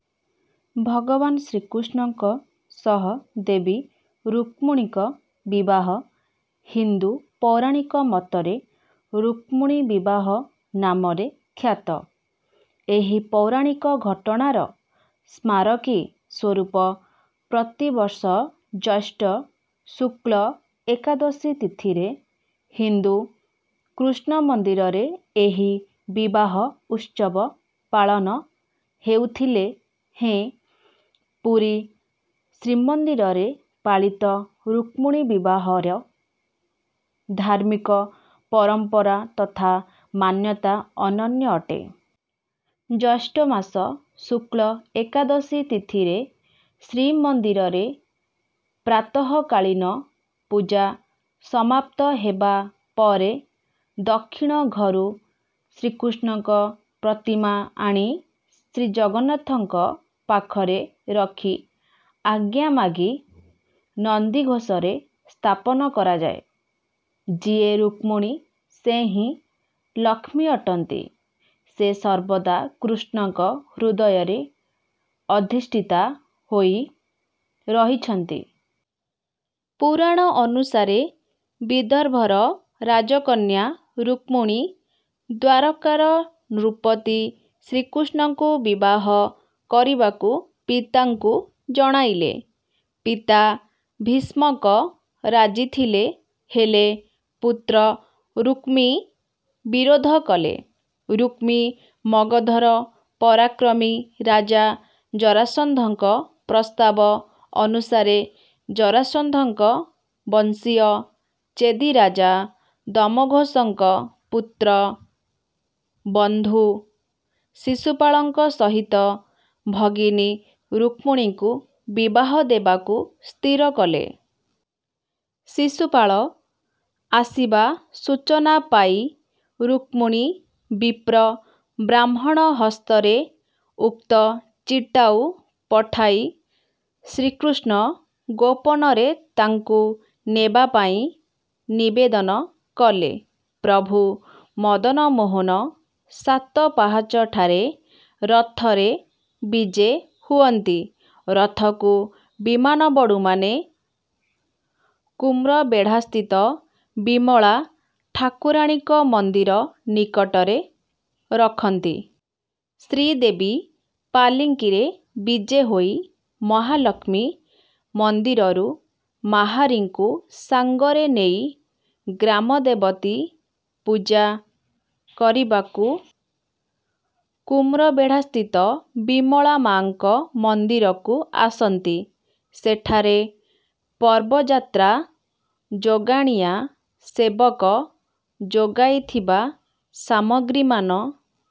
ଭଗବାନ ଶ୍ରୀକୃଷ୍ଣଙ୍କ ସହ ଦେବୀ ରୁକ୍ମିଣୀଙ୍କ ବିବାହ ହିନ୍ଦୁ ପୌରାଣିକ ମତରେ ରୁକ୍ମିଣୀ ବିବାହ ନାମରେ ଖ୍ୟାତ। ଏହି ପୌରାଣିକ ଘଟଣାର ସ୍ମାରକୀ ସ୍ୱରୂପ ପ୍ରତିବର୍ଷ ଜ୍ୟେଷ୍ଠ ଶୁକ୍ଳ ଏକାଦଶୀ ତିଥିରେ ହିନ୍ଦୁ କୃଷ୍ଣ ମନ୍ଦିରରେ ଏହି ବିବାହ ଉତ୍ସବ ପାଳନ ହେଉଥିଲେ ହେଁ ପୁରୀ ଶ୍ରୀମନ୍ଦିରରେ ପାଳିତ ରୁକ୍ମିଣୀ ବିବାହର ଧାର୍ମିକ ପରମ୍ପରା ତଥା ମାନ୍ୟତା ଅନନ୍ୟ ଅଟେ। ଜ୍ୟେଷ୍ଠ ମାସ ଶୁକ୍ଳ ଏକାଦଶୀ ତିଥିରେ ଶ୍ରୀମନ୍ଦିରରେ ପ୍ରାତଃକାଳୀନ ପୂଜା ସମାପ୍ତ ହେବା ପରେ ଦକ୍ଷିଣ ଘରୁ ଶ୍ରୀକୃଷ୍ଣଙ୍କ ପ୍ରତିମା ଆଣି ଶ୍ରୀଜଗନ୍ନାଥଙ୍କ ପାଖରେ ରଖି ଆଜ୍ଞା ମାଗି ନନ୍ଦିଘୋଷରେ ସ୍ଥାପନ କରାଯାଏ। ଯିଏ ରୁକ୍ମିଣୀ ସେ ହିଁ ଲକ୍ଷ୍ମୀ ଅଟନ୍ତି। ସେ ସର୍ବଦା କୃଷ୍ଣଙ୍କ ହୃଦୟରେ ଅଧିଷ୍ଠିତା ହୋଇ ରହିଛନ୍ତି। ପୁରାଣ ଅନୁସାରେ ବିଦର୍ଭର ରାଜକନ୍ୟା ରୁକ୍ମିଣୀ ଦ୍ୱାରକାର ନୃପତି ଶ୍ରୀକୃଷ୍ଣଙ୍କୁ ବିବାହ କରିବାକୁ ପିତାଙ୍କୁ ଜଣାଇଲେ। ପିତା ଭୀଷ୍ମକ ରାଜି ଥିଲେ ହେଲେ ପୁତ୍ର ରୁକ୍ମୀ ବିରୋଧ କଲେ। ରୁକ୍ମୀ ମଗଧର ପରାକ୍ରମୀ ରାଜା ଜରାସନ୍ଧଙ୍କ ପ୍ରସ୍ତାବ ଅନୁସାରେ ଜରାସନ୍ଧଙ୍କ ବଂଶୀୟ ଚେଦିରାଜା ଦମଘୋଷଙ୍କ ପୁତ୍ର ବନ୍ଧୁ ଶିଶୁପାଳଙ୍କ ସହିତ ଭଗିନୀ ରୁକ୍ମିଣୀଙ୍କୁ ବିବାହ ଦେବାକୁ ସ୍ଥିର କଲେ। ଶିଶୁପାଳ ଆସିବା ସୂଚନା ପାଇ ରୁକ୍ମିଣୀ ବିପ୍ର ବ୍ରାହ୍ମଣ ହସ୍ତରେ ଉକ୍ତ ଚିଟାଉ ପଠାଇ ଶ୍ରୀକୃଷ୍ଣ ଗୋପନରେ ତାଙ୍କୁ ନେବା ପାଇଁ ନିବେଦନ କଲେ। ପ୍ରଭୁ ମଦନମୋହନ ସାତ ପାହାଚଠାରେ ରଥରେ ବିଜେ ହୁଅନ୍ତି। ରଥକୁ ବିମାନବଡ଼ୁମାନେ କୂର୍ମବେଢ଼ାସ୍ଥିତ ବିମଳା ଠାକୁରାଣୀଙ୍କ ମନ୍ଦିର ନିକଟରେ ରଖନ୍ତି। ଶ୍ରୀଦେବୀ ପାଲିଙ୍କିରେ ବିଜେ ହୋଇ ମହାଲକ୍ଷ୍ମୀ ମନ୍ଦିରରୁ ମାହାରୀଙ୍କୁ ସାଙ୍ଗରେ ନେଇ ଗ୍ରାମଦେବତୀ ପୂଜା କରିବାକୁ କୂର୍ମବେଢ଼ାସ୍ଥିତ ବିମଳା ମାଆଙ୍କ ମନ୍ଦିରକୁ ଆସନ୍ତି। ସେଠାରେ ପର୍ବଯାତ୍ରା ଯୋଗାଣିଆ ସେବକ ଯୋଗାଇଥିବା ସାମଗ୍ରୀମାନ